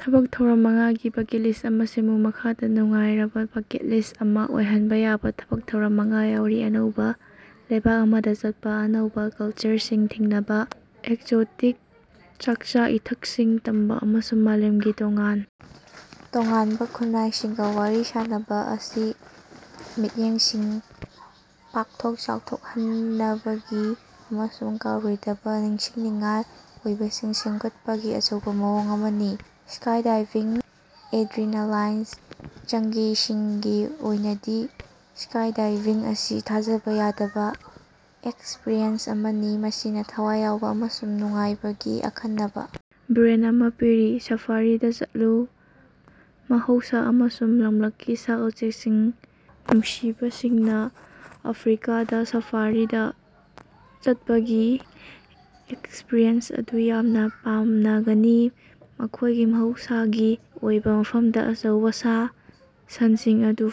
ꯊꯕꯛ ꯊꯧꯔꯝ ꯃꯉꯥꯒꯤ ꯕꯀꯦꯠ ꯂꯤꯁ꯭ꯠ ꯑꯃ ꯁꯦꯝꯃꯨ꯫ ꯃꯈꯥꯗ ꯅꯨꯡꯉꯥꯏꯔꯕꯥ ꯕꯀꯦꯠ ꯂꯤꯁ꯭ꯠ ꯑꯃ ꯑꯣꯏꯍꯟꯕ‌ ꯌꯥꯕ ꯊꯕꯛ ꯊꯧꯔꯝ ꯃꯉꯥ ꯌꯥꯎꯔꯤ - ꯑꯅꯧꯕ ꯂꯩꯕꯥꯛ ꯑꯃꯗ ꯆꯠꯄ - ꯑꯅꯧꯕ ꯀꯜꯆꯔꯁꯤꯡ ꯊꯦꯡꯅꯕ, ꯑꯦꯛꯖꯣꯇꯤꯛ ꯆꯥꯛꯆ-ꯏꯊꯛꯁꯤꯡ ꯇꯝꯕ, ꯑꯃꯁꯨꯡ ꯃꯥꯂꯦꯝꯒꯤ ꯇꯣꯉꯥꯟ ꯇꯣꯉꯥꯟꯕ ꯈꯨꯟꯅꯥꯏꯁꯤꯡꯒ ꯋꯥꯔꯤ ꯁꯥꯅꯕꯥ ꯑꯁꯤ ꯃꯤꯠꯌꯦꯡꯁꯤꯡ ꯄꯥꯛꯊꯣꯛ ꯆꯥꯎꯊꯣꯛꯍꯟꯅꯕꯒꯤ ꯑꯃꯁꯨꯡ ꯀꯥꯎꯔꯣꯏꯗꯕ ꯅꯤꯡꯁꯤꯡꯅꯤꯡꯉꯥꯏ ꯑꯣꯏꯕꯁꯤꯡ ꯁꯦꯝꯒꯠꯄꯒꯤ ꯑꯆꯧꯕ ꯃꯑꯣꯡ ꯑꯃꯅꯤ꯫ ꯁ꯭ꯀꯥꯏꯗꯥꯏꯚꯤꯡ - ꯑꯦꯗ꯭ꯔꯤꯅꯥꯂꯥꯏꯟ ꯖꯪꯀꯤꯁꯤꯡꯒꯤ ꯑꯣꯏꯅꯗꯤ ꯁ꯭ꯀꯥꯏꯗꯥꯏꯚꯤꯡ ꯑꯁꯤ ꯊꯥꯖꯕ ꯌꯥꯗꯕ ꯑꯦꯛꯁꯄꯔꯤꯌꯦꯟꯁ ꯑꯃꯅꯤ ꯃꯁꯤꯅ ꯊꯋꯥꯏ ꯌꯥꯎꯕ ꯑꯃꯁꯨꯡ ꯅꯨꯡꯉꯥꯏꯕꯒꯤ ꯑꯈꯟꯅꯕ ꯕ꯭ꯂꯦꯟꯗ ꯑꯃ ꯄꯤꯔꯤ꯫ ꯁꯥꯐꯥꯔꯤꯗ ꯆꯠꯂꯨ - ꯃꯍꯧꯁꯥ ꯑꯃꯁꯨꯡ ꯂꯝꯂꯛꯀꯤ ꯁꯥ-ꯎꯆꯦꯛꯁꯤꯡ ꯅꯨꯡꯁꯤꯕꯁꯤꯡꯅ ꯑꯐ꯭ꯔꯤꯀꯥꯗ‌ ꯁꯥꯐꯥꯔꯤꯗ ꯆꯠꯄꯒꯤ ꯑꯦꯛꯁꯄꯔꯤꯌꯦꯟꯁ ꯑꯗꯨ ꯌꯥꯝꯅ ꯄꯥꯝꯅꯒꯅꯤ, ꯃꯈꯣꯏꯒꯤ ꯃꯍꯧꯁꯥꯒꯤ ꯑꯣꯏꯕ ꯃꯐꯝꯗ ꯑꯆꯧꯕ ꯁꯥ-ꯁꯟꯁꯤꯡ ꯑꯗꯨ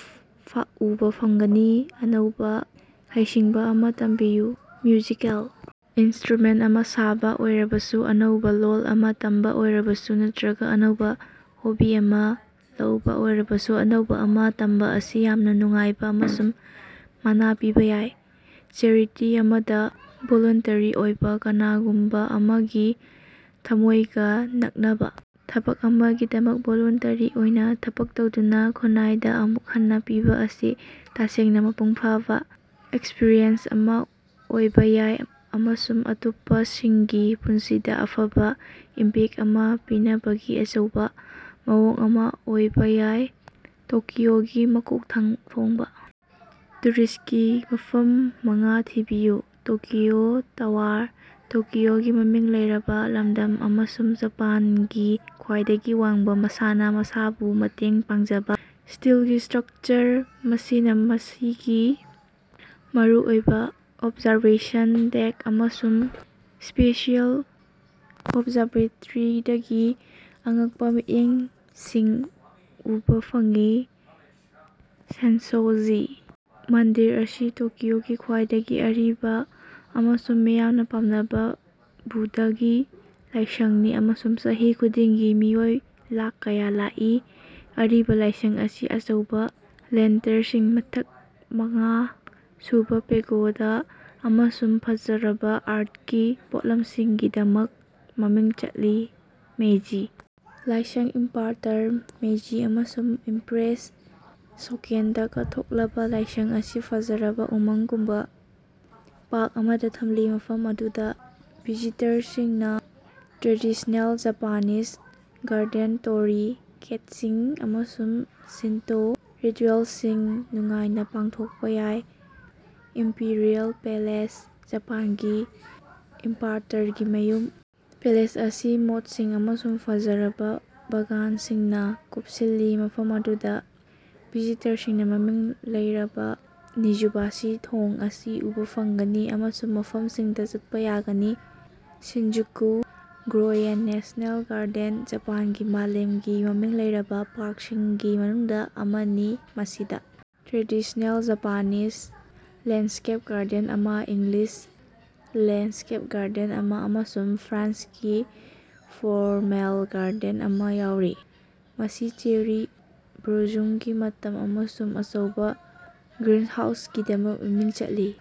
ꯎꯕꯥ ꯐꯪꯒꯅꯤ꯫ ꯑꯅꯧꯕ ꯍꯩꯁꯤꯡꯕ ꯑꯃ ꯇꯝꯕꯤꯌꯨ - ꯃ꯭ꯌꯨꯖꯤꯀꯦꯜ ꯏꯟꯁꯇ꯭ꯔꯨꯃꯦꯟꯇ ꯑꯃ ꯁꯥꯕ ꯑꯣꯏꯔꯕꯁꯨ, ꯑꯅꯧꯕ‌ ꯂꯣꯜ ꯑꯃ ꯇꯝꯕ ꯑꯣꯏꯔꯕꯁꯨ ꯅꯠꯇꯔꯒ‌ ꯑꯅꯧꯕ ꯍꯣꯕꯤ ꯑꯃ ꯂꯧꯕ ꯑꯣꯏꯔꯕꯁꯨ, ꯑꯅꯧꯕ ꯑꯃ ꯇꯝꯕ ꯑꯁꯤ ꯌꯥꯝꯅ ꯅꯨꯡꯉꯥꯏꯕ ꯑꯃꯁꯨꯡ ꯃꯅꯥ ꯄꯤꯕ‌ ꯌꯥꯏ꯫ ꯆꯦꯔꯤꯇꯤ ꯑꯃꯗ ꯚꯣꯂꯨꯟꯇꯔꯤ ꯑꯣꯏꯕ - ꯀꯅꯥꯒꯨꯝꯕ‌ꯑꯃꯒꯤ ꯊꯝꯃꯣꯏꯒ ꯅꯛꯅꯕꯥ ꯊꯕꯛ ꯑꯃꯒꯤꯗꯃꯛ ꯚꯣꯂꯨꯟꯇꯔꯤ ꯑꯣꯏꯅ ꯊꯕꯛ ꯇꯧꯗꯨꯅ ꯈꯨꯟꯅꯥꯏꯗ ꯑꯃꯨꯛ ꯍꯟꯅ ꯄꯤꯕ ꯑꯁꯤ ꯇꯁꯦꯡꯅ ꯃꯄꯨꯡ ꯐꯥꯕ ꯑꯦꯛꯁꯄꯔꯤꯌꯦꯟꯁ ꯑꯃ ꯑꯣꯏꯕ ꯌꯥꯏ, ꯑꯃꯁꯨꯡ ꯑꯇꯣꯞꯄꯁꯤꯡꯒꯤ ꯄꯨꯟꯁꯤꯗ ꯑꯐꯕ ꯏꯝꯄꯦꯛꯇ ꯑꯃ ꯄꯤꯅꯕꯒꯤ ꯑꯆꯧꯕ ꯃꯑꯣꯡ ꯑꯃ ꯑꯣꯏꯕ ꯌꯥꯏ꯫ ꯇꯣꯀꯤꯑꯣꯒꯤ ꯃꯀꯣꯛ ꯊꯣꯡꯕ ꯇꯨꯔꯤꯁ꯭ꯠꯀꯤ ꯃꯐꯝ ꯃꯉꯥ ꯊꯤꯕꯤꯌꯨ꯫ ꯇꯣꯀꯤꯑꯣ ꯇꯋꯥꯔ ꯇꯣꯀꯤꯑꯣꯒꯤ ꯃꯃꯤꯡ ꯂꯩꯔꯕ ꯂꯝꯗꯝ, ꯑꯃꯁꯨꯡ ꯖꯄꯥꯟꯒꯤ ꯈ꯭ꯋꯥꯏꯗꯒꯤ ꯋꯥꯡꯕ ꯃꯁꯥꯅ ꯃꯁꯥꯕꯨ ꯃꯇꯦꯡ ꯄꯥꯡꯖꯕ ꯁ꯭ꯇꯤꯜꯒꯤ ꯁ꯭ꯇꯔꯛꯆꯔ, ꯃꯁꯤꯅ ꯃꯁꯤꯒꯤ ꯃꯔꯨꯑꯣꯏꯕ ꯑꯣꯕꯖꯥꯔꯕꯦꯁꯟ ꯗꯦꯛ ꯑꯃꯁꯨꯡ ꯁ꯭ꯄꯦꯁꯤꯑꯦꯜ ꯑꯣꯕꯖꯔꯕꯦꯇꯔꯤꯗꯒꯤ ꯑꯉꯛꯄ‌ ꯃꯤꯠꯌꯦꯡꯁꯤꯡ ꯎꯕꯥ ꯐꯪꯏ꯫ ꯁꯦꯟꯁꯣ-ꯖꯤ ꯃꯟꯗꯤꯔ ꯃꯁꯤ ꯇꯣꯀꯤꯑꯣꯒꯤ ꯈ꯭ꯋꯥꯏꯗꯒꯤ ꯑꯔꯤꯕ ꯑꯃꯁꯨꯡ ꯃꯤꯌꯥꯝꯅ ꯄꯥꯝꯅꯕꯥ ꯕꯨꯙꯒꯤ ꯂꯥꯏꯁꯡꯅꯤ, ꯑꯃꯁꯨꯡ ꯆꯍꯤ ꯈꯨꯗꯤꯡꯒꯤ ꯃꯤꯑꯣꯏ ꯂꯥꯛ ꯀꯌꯥ ꯂꯥꯛꯏ꯫ ꯑꯔꯤꯕ ꯂꯥꯏꯁꯡ ꯑꯁꯤ ꯑꯆꯧꯕ ꯂꯦꯟꯇꯔꯁꯤꯡ, ꯃꯊꯛ ꯃꯉꯥ ꯁꯨꯕ ꯄꯦꯒꯣꯗ ꯑꯃꯁꯨꯡ ꯐꯖꯔꯕꯥ ꯑꯥ꯭ꯔꯠꯀꯤ ꯄꯣꯠꯂꯝꯁꯤꯡꯒꯤꯗꯃꯛ ꯃꯃꯤꯡ ꯆꯠꯂꯤ꯫ ꯃꯦꯏꯖꯤ ꯂꯥꯏꯁꯪ ꯏꯝꯄꯥꯔꯇꯔ ꯃꯦꯏꯖꯤ ꯑꯃꯁꯨꯡ ꯏꯝꯄ꯭ꯔꯦꯁ ꯁꯣꯀꯦꯟꯗ ꯀꯠꯊꯣꯛꯂꯕꯥ ꯂꯥꯏꯁꯡ ꯑꯁꯤ ꯐꯖꯔꯕꯥ ꯎꯃꯪꯒꯨꯝꯕ ꯄꯥꯔꯛ ꯑꯃꯗ ꯊꯝꯂꯤ, ꯃꯐꯝ ꯑꯗꯨꯗ ꯚꯤꯖꯤꯇꯔꯁꯤꯡꯅ ꯇ꯭ꯔꯦꯗꯤꯁ꯭ꯅꯦꯜ ꯖꯄꯥꯅꯤꯖ ꯒꯥꯔꯗꯦꯟ, ꯇꯣꯔꯤ ꯒꯦꯠꯁꯤꯡ, ꯑꯃꯁꯨꯡ ꯁꯤꯟꯇꯣ ꯔꯤꯇꯨꯌꯦꯜꯁꯤꯡ ꯅꯨꯡꯉꯥꯏꯅ ꯄꯥꯡꯊꯣꯛꯄ ꯌꯥꯏ꯫ ꯏꯝꯄꯤꯔꯤꯑꯦꯜ ꯄꯦꯂꯦꯁ ꯖꯄꯥꯟꯒꯤ ꯏꯝꯄꯥꯔꯇꯔꯒꯤ ꯃꯌꯨꯝ, ꯄꯦꯂꯦꯁ ꯑꯁꯤ ꯃꯣꯠꯁꯤꯡ ꯑꯃꯁꯨꯡ ꯐꯖꯔꯕꯥ ꯕꯥꯒꯥꯟꯁꯤꯡꯅ ꯀꯨꯞꯁꯤꯜꯂꯤ, ꯃꯐꯝ ꯑꯗꯨꯗ ꯚꯤꯖꯤꯇꯔꯁꯤꯡꯅ ꯃꯃꯤꯡ ꯂꯩꯔꯕ ꯅꯤꯖꯨꯕꯥꯁꯤ ꯊꯣꯡ ꯑꯁꯤ ꯎꯕꯥ ꯐꯪꯒꯅꯤ, ꯑꯃꯁꯨꯡ ꯃꯐꯝꯁꯤꯡꯗ ꯆꯠꯄ ꯌꯥꯒꯅꯤ꯫ ꯁꯤꯟꯖꯨꯀꯨ ꯒ꯭ꯌꯣꯌꯦꯟ ꯅꯦꯁ꯭ꯅꯦꯜ ꯒꯥꯔꯗꯦꯟ ꯖꯄꯥꯟꯒꯤ ꯃꯥꯂꯦꯝꯒꯤ ꯃꯃꯤꯡ ꯂꯩꯔꯕ ꯄꯥ꯭ꯔꯛꯁꯤꯡꯒꯤ ꯃꯅꯨꯡꯗ ꯑꯃꯅꯤ ꯃꯁꯤꯗ ꯇ꯭ꯔꯦꯗꯤꯁ꯭ꯅꯦꯜ ꯖꯄꯥꯅꯤꯖ ꯂꯦꯟꯗꯁ꯭ꯀꯦꯞ ꯒꯥꯔꯗꯦꯟ ꯑꯃ, ꯏꯪꯂꯤꯁ ꯂꯦꯟꯗꯁ꯭ꯀꯦꯞ ꯒꯥꯔꯗꯦꯟ ꯑꯃ, ꯑꯃꯁꯨꯡ ꯐ꯭ꯔꯥꯟꯁꯀꯤ ꯐꯣꯔꯃꯦꯜ ꯒꯥꯔꯗꯦꯟ ꯑꯃ ꯌꯥꯎꯔꯤ꯫ ꯃꯁꯤ ꯆꯦꯔꯤ ꯕ꯭ꯂꯣꯖꯨꯝꯒꯤ ꯃꯇꯝ ꯑꯃꯁꯨꯡ ꯑꯆꯧꯕ ꯒ꯭ꯔꯤꯟꯍꯥꯎꯁꯀꯤꯗꯃꯛ ꯃꯃꯤꯡ ꯆꯠꯂꯤ꯫